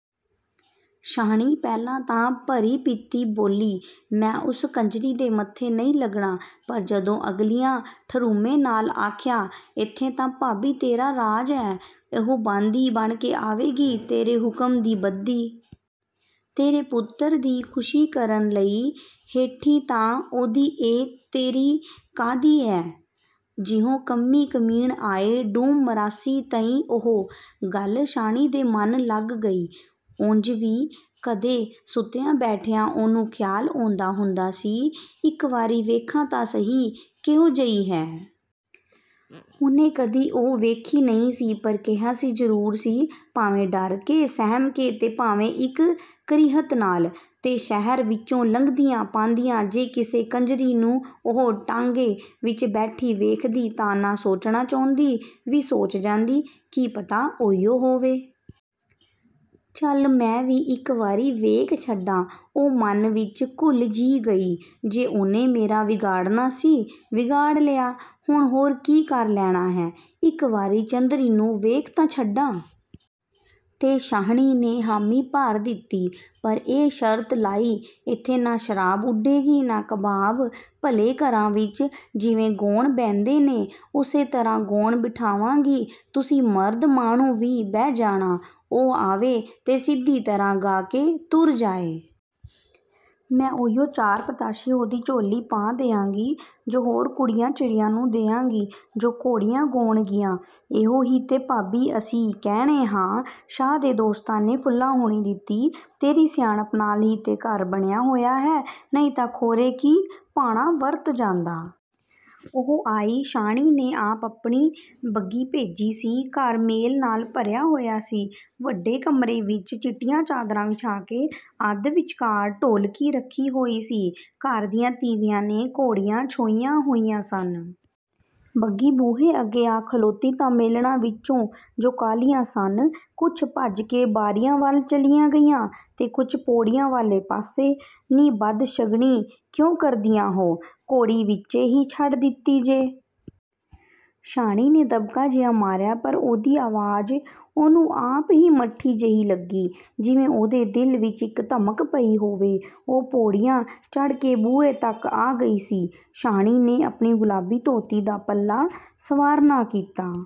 ਸ਼ਾਹਣੀ ਪਹਿਲਾਂ ਤਾਂ ਭਰੀ-ਪੀਤੀ ਬੋਲੀ, "ਮੈਂ ਉਸ ਕੰਜਰੀ ਦੇ ਮੱਥੇ ਨਹੀਂ ਲੱਗਣਾ।" ਪਰ ਜਦੋਂ ਅਗਲਿਆਂ ਠਰ੍ਹੰਮੇ ਨਾਲ ਆਖਿਆ, "ਇੱਥੇ ਤਾਂ ਭਾਬੀ, ਤੇਰਾ ਰਾਜ ਏ। ਉਹ ਬਾਂਦੀ ਬਣ ਕੇ ਆਵੇਗੀ, ਤੇਰੇ ਹੁਕਮ ਦੀ ਬੱਧੀ। ਤੇਰੇ ਪੁੱਤਰ ਦੀ ਖੁਸ਼ੀ ਕਰਨ ਲਈ। ਹੇਠੀ ਤਾਂ ਉਹਦੀ ਏ, ਤੇਰੀ ਕਾਹਦੀ ਏ? ਜਿਹੇ ਕੰਮੀ-ਕਮੀਣ ਆਏ, ਡੂਮ-ਮਰਾਸੀ, ਤਹੀ ਉਹ।" ਗੱਲ ਸ਼ਾਹਣੀ ਦੇ ਮਨ ਲੱਗ ਗਈ। ਉਂਜ ਵੀ ਕਦੇ ਸੁੱਤਿਆਂ-ਬੈਠਦਿਆਂ ਉਹਨੂੰ ਖ਼ਿਆਲ ਆਉਂਦਾ ਹੁੰਦਾ ਸੀ, "ਇੱਕ ਵਾਰੀ ਵੇਖਾਂ ਤਾਂ ਸਹੀ, ਕਿਹੋ ਜਿਹੀ ਏ?" ਉਹਨੇ ਕਦੀ ਉਹ ਵੇਖੀ ਨਹੀਂ ਸੀ, ਪਰ ਕਿਆਸੀ ਜ਼ਰੂਰ ਸੀ, ਭਾਵੇਂ ਡਰ ਕੇ ਸਹਿਮ ਕੇ, ਤੇ ਭਾਵੇਂ ਇੱਕ ਕਰਿਹਤ ਨਾਲ। ਤੇ ਸ਼ਹਿਰ ਵਿਚੋਂ ਲੰਘਦਿਆਂ-ਪਾਂਦਿਆਂ, ਜੇ ਕਿਸੇ ਕੰਜਰੀ ਨੂੰ ਉਹ ਟਾਂਗੇ ਵਿਚ ਬੈਠੀ ਵੇਖਦੀ, ਤਾਂ ਨਾ ਸੋਚਣਾ ਚਾਹੁੰਦੀ ਵੀ ਸੋਚ ਜਾਂਦੀ, "ਕੀ ਪਤਾ ਉਹੀਉ ਹੋਵੇ?" "ਚੱਲ, ਮੈਂ ਵੀ ਇੱਕ ਵਾਰੀ ਵੇਖ ਛੱਡਾਂ," ਉਹ ਮਨ ਵਿਚ ਘੁਲ ਜਿਹੀ ਗਈ। "ਜੋ ਉਹਨੇ ਮੇਰਾ ਵਿਗਾੜਣਾ ਸੀ, ਵਿਗਾੜ ਲਿਆ। ਹੁਣ ਹੋਰ ਕੀ ਕਰ ਲੈਣਾ ਏ! ਇੱਕ ਵਾਰੀ ਚੰਦਰੀ ਨੂੰ ਵੇਖ ਤਾਂ ਛੱਡਾਂ।" ਤੇ ਸ਼ਾਹਣੀ ਨੇ ਹਾਮੀ ਭਰ ਦਿੱਤੀ, ਪਰ ਇੱਕ ਸ਼ਰਤ ਲਾਈ, "ਇੱਥੇ ਨਾ ਸ਼ਰਾਬ ਉਡੇਗੀ, ਨਾ ਕਬਾਬ। ਭਲੇ ਘਰਾਂ ਵਿਚ ਜਿਵੇਂ ਗਾਉਣ ਬਹਿੰਦੇ ਨੇ, ਉਸੇ ਤਰ੍ਹਾਂ ਗਾਉਣ ਬਿਠਾਵਾਂਗੀ। ਤੁਸੀਂ ਮਰਦ-ਮਾਹਣੂ ਵੀ ਬਹਿ ਜਾਣਾ। ਉਹ ਆਵੇ, ਤੇ ਸਿੱਧੀ ਤਰ੍ਹਾਂ ਗਾ ਕੇ ਤੁਰ ਜਾਏ। ਮੈਂ ਉਹੀਉ ਚਾਰ ਪਤਾਸੇ ਉਹਦੀ ਝੋਲੀ ਪਾ ਦਿਆਂਗੀ, ਜੋ ਹੋਰ ਕੁੜੀਆਂ-ਚਿੜੀਆਂ ਨੂੰ ਦਿਆਂਗੀ, ਜੋ ਘੋੜੀਆਂ ਗਾਉਣਗੀਆਂ।" "ਇਹੋ ਹੀ ਤੇ ਭਾਬੀ, ਅਸੀਂ ਕਹਿਣੇ ਆਂ।" ਸ਼ਾਹ ਦੇ ਦੋਸਤਾਂ ਨੇ ਫੁਲਾਹੁਣੀ ਦਿੱਤੀ। "ਤੇਰੀ ਸਿਆਣਪ ਨਾਲ ਹੀ ਤੇ ਘਰ ਬਣਿਆ ਹੋਇਆ ਏ, ਨਹੀਂ ਤਾਂ ਖੌਰੇ ਕੀ ਭਾਣਾ ਵਰਤ ਜਾਂਦਾ।" ਉਹ ਆਈ। ਸ਼ਾਹਣੀ ਨੇ ਆਪ ਆਪਣੀ ਬੱਘੀ ਭੇਜੀ ਸੀ। ਘਰ ਮੇਲ ਨਾਲ ਭਰਿਆ ਹੋਇਆ ਸੀ। ਵੱਡੇ ਕਮਰੇ ਵਿਚ ਚਿੱਟੀਆਂ ਚਾਦਰਾਂ ਵਿਛਾ ਕੇ, ਅੱਧ ਵਿਚਕਾਰ ਢੋਲਕੀ ਰੱਖੀ ਹੋਈ ਸੀ। ਘਰ ਦੀਆਂ ਤੀਵੀਆਂ ਨੇ ਘੋੜੀਆਂ ਛੋਹੀਆਂ ਹੋਈਆਂ ਸਨ। ਬੱਘੀ ਬੂਹੇ ਅੱਗੇ ਆ ਖਲੋਤੀ ਤਾਂ ਮੇਲਣਾਂ ਵਿਚੋਂ ਜੋ ਕਾਹਲੀਆਂ ਸਨ, ਕੁਝ ਭੱਜ ਕੇ ਬਾਰੀਆਂ ਵੱਲ ਚਲੀਆਂ ਗਈਆਂ ਤੇ ਕੁਝ ਪੌੜੀਆਂ ਵਾਲੇ ਪਾਸੇ। "ਨੀ, ਬਦਸਗਣੀ ਕਿਉਂ ਕਰਦੀਆਂ ਹੋ? ਘੋੜੀ ਵਿਚੇ ਹੀ ਛੱਡ ਦਿੱਤੀ ਜੇ।" ਸ਼ਾਹਣੀ ਨੇ ਦਬਕਾ ਜਿਹਾ ਮਾਰਿਆ, ਪਰ ਉਹਦੀ ਆਵਾਜ਼ ਉਹਨੂੰ ਆਪ ਹੀ ਮੱਠੀ ਜਿਹੀ ਲੱਗੀ, ਜਿਵੇਂ ਉਹਦੇ ਦਿਲ ਵਿਚ ਇੱਕ ਧਮਕ ਪਈ ਹੋਵੇ। ਉਹ ਪੌੜੀਆਂ ਚੜ੍ਹ ਕੇ ਬੂਹੇ ਤੱਕ ਆ ਗਈ ਸੀ। ਸ਼ਾਹਣੀ ਨੇ ਆਪਣੀ ਗੁਲਾਬੀ ਧੋਤੀ ਦਾ ਪੱਲਾ ਸਵਾਰਨਾ ਕੀਤਾ।